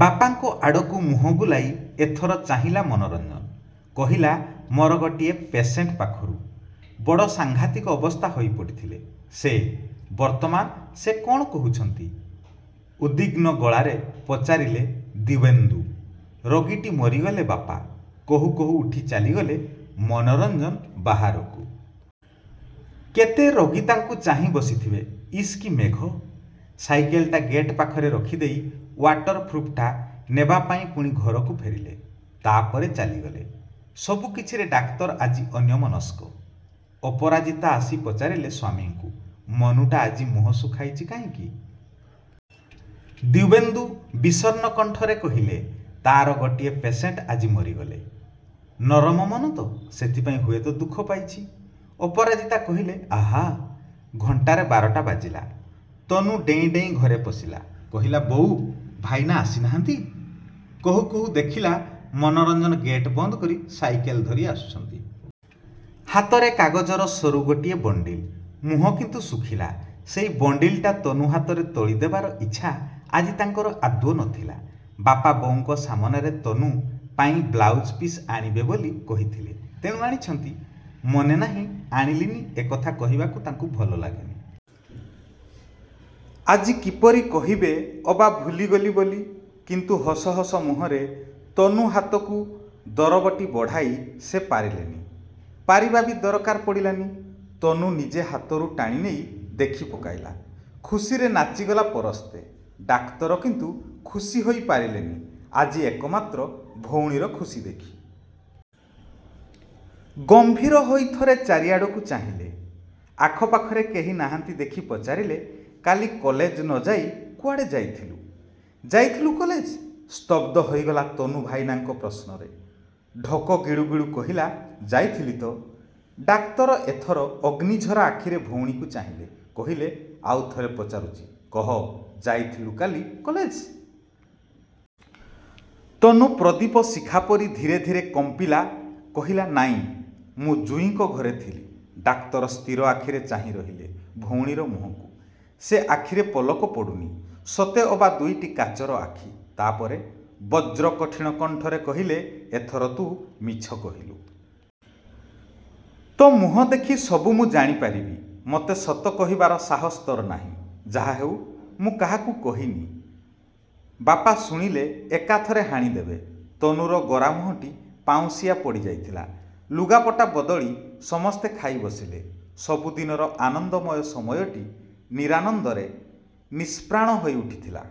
ବାପାଙ୍କ ଆଡ଼କୁ ମୁହଁ ବୁଲାଇ ଏଥର ଚାହିଁଲା ମନୋରଞ୍ଜନ। କହିଲା ମୋର ଗୋଟିଏ ପେସେଣ୍ଟ ପାଖରୁ। ବଡ଼ ସାଂଘାତିକ ଅବସ୍ଥା ହୋଇପଡ଼ିଥିଲେ। ସେ। -ବର୍ତ୍ତମାନ ସେ କ'ଣ କହୁଛନ୍ତି? ଉଦ୍ବିଗ୍ନ ଗଳାରେ ପଚାରିଲେ ଦିବ୍ୟେନ୍ଦୁ। -ରୋଗୀଟି ମରିଗଲେ ବାପା। କହୁ କହୁ ଉଠି ଚାଲିଗଲେ ମନୋରଞ୍ଜନ ବାହାରକୁ। କେତେ ରୋଗୀ ତାଙ୍କୁ ଚାହିଁ ବସିଥିବେ। ଇସ୍ କି ମେଘ! ସାଇକେଲଟା ଗେଟ୍ ପାଖରେ ରଖିଦେଇ ଓ୍ୱାଟର ପ୍ରୁଫ୍ଟା ନେବାପାଇଁ ପୁଣି ଘରକୁ ଫେରିଲେ। ତା' ପରେ ଚାଲିଗଲେ। ସବୁ କିଛିରେ ଡାକ୍ତର ଆଜି ଅନ୍ୟମନସ୍କ। ଅପରାଜିତା ଆସି ପଚାରିଲେ ସ୍ୱାମୀଙ୍କୁ-ମନୁଟା ଆଜି ମୁହଁ ଶୁଖାଇଛି କାହିଁକି? ଦିବ୍ୟେନ୍ଦୁ ବିସର୍ଣ୍ଣକଣ୍ଠରେ କହିଲେ-ତା'ର ଗୋଟିଏ ପେସେଣ୍ଟ ଆଜି ମରିଗଲେ। ନରମ ମନ ତ, ସେଥିପାଇଁ ହୁଏତ ଦୁଃଖ ପାଇଛି। ଅପରାଜିତା କହିଲେ-ଆହାଃ! ଘଣ୍ଟାରେ ବାରଟା ବାଜିଲା। ତନୁ ଡେଇଁ ଡେଇଁ ଘରେ ପଶିଲା। କହିଲା-ବୋଉ ଭାଇନା ଆସିନାହାନ୍ତି? କହୁ କହୁ ଦେଖିଲା ମନୋରଞ୍ଜନ ଗେଟ୍ ବନ୍ଦକରି ସାଇକେଲ ଧରି ଆସୁଛନ୍ତି। ହାତରେ କାଗଜର ସରୁ ଗୋଟିଏ ବଣ୍ଡିଲ୍। ମୁହଁ କିନ୍ତୁ ଶୁଖିଲା। ସେଇ ବଣ୍ଡିଲଟା ତନୁ ହାତରେ ତୋଳିଦେବାର ଇଚ୍ଛା ଆଜି ତାଙ୍କର ଆଦୌ ନଥିଲା। ବାପା ବୋଉଙ୍କ ସାମନାରେ ତନୁ ପାଇଁ ବ୍ଳାଉଜ୍ ପିସ୍ ଆଣିବେ ବୋଲି କହିଥିଲେ, ତେଣୁ ଆଣିଛନ୍ତି। ମନେ ନାହିଁ ଆଣିଲିନି ଏକଥା କହିବାକୁ ତାଙ୍କୁ ଭଲ ଲାଗେନି। ଆଜି କିପରି କହିବେ ଅବା ଭୁଲିଗଲି ବୋଲି। କିନ୍ତୁ ହସ ହସ ମୁହଁରେ ତନୁ ହାତକୁ ଦରବଟି ବଢ଼ାଇ ସେ ପାରିଲେନି। ପାରିବା ବି ଦରକାର ପଡ଼ିଲାନି। ତନୁ ନିଜେ ହାତରୁ ଟାଣିନେଇ ଦେଖିପକାଇଲା। ଖୁସିରେ ନାଚିଗଲା ପରସ୍ତେ। ଡାକ୍ତର କିନ୍ତୁ ଖୁସି ହୋଇପାରିଲେନି ଆଜି ଏକମାତ୍ର ଭଉଣୀର ଖୁସି ଦେଖି। ଗମ୍ଭୀର ହୋଇ ଥରେ ଚାରିଆଡ଼କୁ ଚାହିଁଲେ-ଆଖ ପାଖରେ କେହି ନାହାନ୍ତି ଦେଖି ପଚାରିଲେ-କାଲି କଲେଜ ନଯାଇ କୁଆଡ଼େ ଯାଇଥିଲୁ? ଯାଇଥିଲୁ କଲେଜ? ସ୍ତବ୍ଧ ହୋଇଗଲା ତନୁ ଭାଇନାଙ୍କ ପ୍ରଶ୍ନରେ। ଢୋକ ଗିଳୁ ଗିଳୁ କହିଲା,-ଯାଇଥିଲି ତ। ଡାକ୍ତର ଏଥର ଅଗ୍ନିଝରା ଆଖିରେ ଭଉଣୀକୁ ଚାହିଁଲେ। କହିଲେ-ଆଉ ଥରେ ପଚାରୁଛି, କହ, ଯାଇଥିଲୁ କାଲି କଲେଜ? ତନୁ ପ୍ରଦୀପ ଶିଖା ପରି ଧିରେ ଧିରେ କମ୍ପିଲା କହିଲା-ନାଇଁ, ମୁଁ ଯୁଇଙ୍କ ଘରେ ଥିଲି। ଡାକ୍ତର ସ୍ଥିର ଆଖିରେ ଚାହିଁ ରହିଲେ ଭଉଣୀର ମୁହଁକୁ। ସେ ଆଖିରେ ପଲକ ପଡ଼ୁନି-। ସତେଅବା ଦୁଇଟି କାଚର ଆଖି। ତାପରେ, ବଜ୍ର କଠିଣ କଣ୍ଠରେ କହିଲେ ଏଥର ତୁ ମିଛ କହିଲୁ। ତୋ ମୁହଁ ଦେଖି ସବୁ ମୁଁ ଜାଣିପାରିବି। ମୋତେ ସତ କହିବାର ସାହସ ତୋର ନାହିଁ-? ଯାହାହେଉ, ମୁଁ କାହାକୁ କହିନି। ବାପା ଶୁଣିଲେ ଏକାଥରେ ହାଣିଦେବେ। ତନୁର ଗୋରା ମୁହଁଟି ପାଉଁଶିଆ ପଡ଼ିଯାଇଥିଲା। ଲୁଗାପଟା ବଦଳି ସମସ୍ତେ ଖାଇବସିଲେ। ସବୁଦିନର ଆନନ୍ଦମୟ ସମୟଟି ନିରାନନ୍ଦରେ ନିଷ୍ପ୍ରାଣ ହୋଇଉଠିଥିଲା।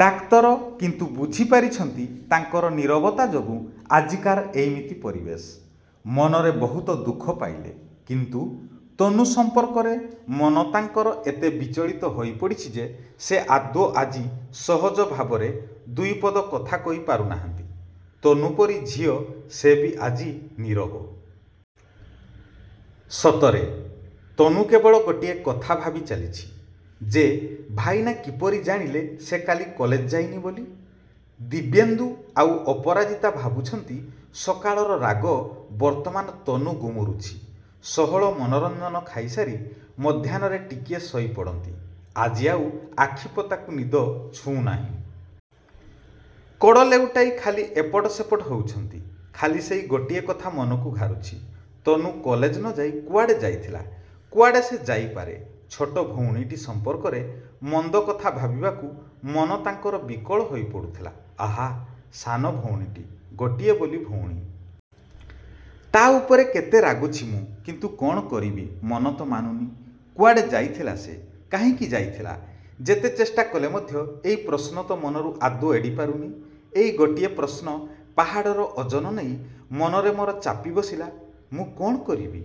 ଡାକ୍ତର କିନ୍ତୁ ବୁଝିପାରିଛନ୍ତି ତାଙ୍କର ନୀରବତା ଯୋଗୁଁ ଆଜିକାର ଏଇମିତି ପରିବେଶ। ମନରେ ବହୁତ ଦୁଃଖ ପାଇଲେ; କିନ୍ତୁ ତନୁ ସମ୍ପର୍କରେ ମନ ତାଙ୍କର ଏତେ ବିଚଳିତ ହୋଇପଡ଼ିଛି ଯେ, ସେ ଆଦୌ ଆଜି ସହଜ ଭାବରେ ଦୁଇପଦ କଥା କହିପାରୁନାହାନ୍ତି। ତନୁ ପରି ଝିଅ ସେ ବି ଆଜି ନୀରବ। ସତରେ, ତନୁ କେବଳ ଗୋଟିଏ କଥା ଭାବି ଚାଲିଛି ଯେ ଭାଇନା କିପରି ଜାଣିଲେ ସେ କାଲି କଲେଜ ଯାଇନି ବୋଲି। ଦିବ୍ୟେନ୍ଦୁ ଆଉ ଅପରାଜିତା ଭାବୁଛନ୍ତି ସକାଳର ରାଗ ବର୍ତ୍ତମାନ ତନୁ ଗୁମୁରୁଛି। ଷୋହଳ ମନୋରଞ୍ଜନ ଖାଇ ସାରି ମଧ୍ୟାହ୍ନରେ ଟିକିଏ ଶୋଇପଡ଼ନ୍ତି। ଆଜି ଆଉ ଆଖି ପତାକୁ ନିଦ ଛୁଉଁ ନାହିଁ। କଡ଼ ଲେଉଟାଇ ଖାଲି ଏପଟ ସେପଟ ହେଉଛନ୍ତି। ଖାଲି ସେଇ ଗୋଟିଏ କଥା ମନକୁ ଘାରୁଛି। ତନୁ କଲେଜ ନ ଯାଇ କୁଆଡ଼େ ଯାଇଥିଲା? କୁଆଡ଼େ ସେ ଯାଇପାରେ? ଛୋଟ ଭଉଣୀଟି ସମ୍ପର୍କରେ ମନ୍ଦ କଥା ଭାବିବାକୁ ମନ ତାଙ୍କର ବିକଳ ହୋଇପଡ଼ୁଥିଲା। ଆହାଃ, ସାନ ଭଉଣୀଟି, ଗୋଟିଏ ବୋଲି ଭଉଣୀ। ତା' ଉପରେ କେତେ ରାଗୁଛି ମୁଁ। କିନ୍ତୁ କ'ଣ କରିବି, ମନ ତ ମାନୁନି। କୁଆଡ଼େ ଯାଇଥିଲା ସେ? କାହିଁକି ଯାଇଥିଲା? ଯେତେ ଚେଷ୍ଟା କଲେ ମଧ୍ୟ ଏଇ ପ୍ରଶ୍ନ ତ ମନରୁ ଆଦୌ ଏଡ଼ିପାରୁନି। ଏଇ ଗୋଟିଏ ପ୍ରଶ୍ନ ପାହାଡ଼ର ଓଜନ ନେଇ ମନରେ ମୋର ଚାପି ବସିଲା ମୁଁ କ'ଣ କରିବି?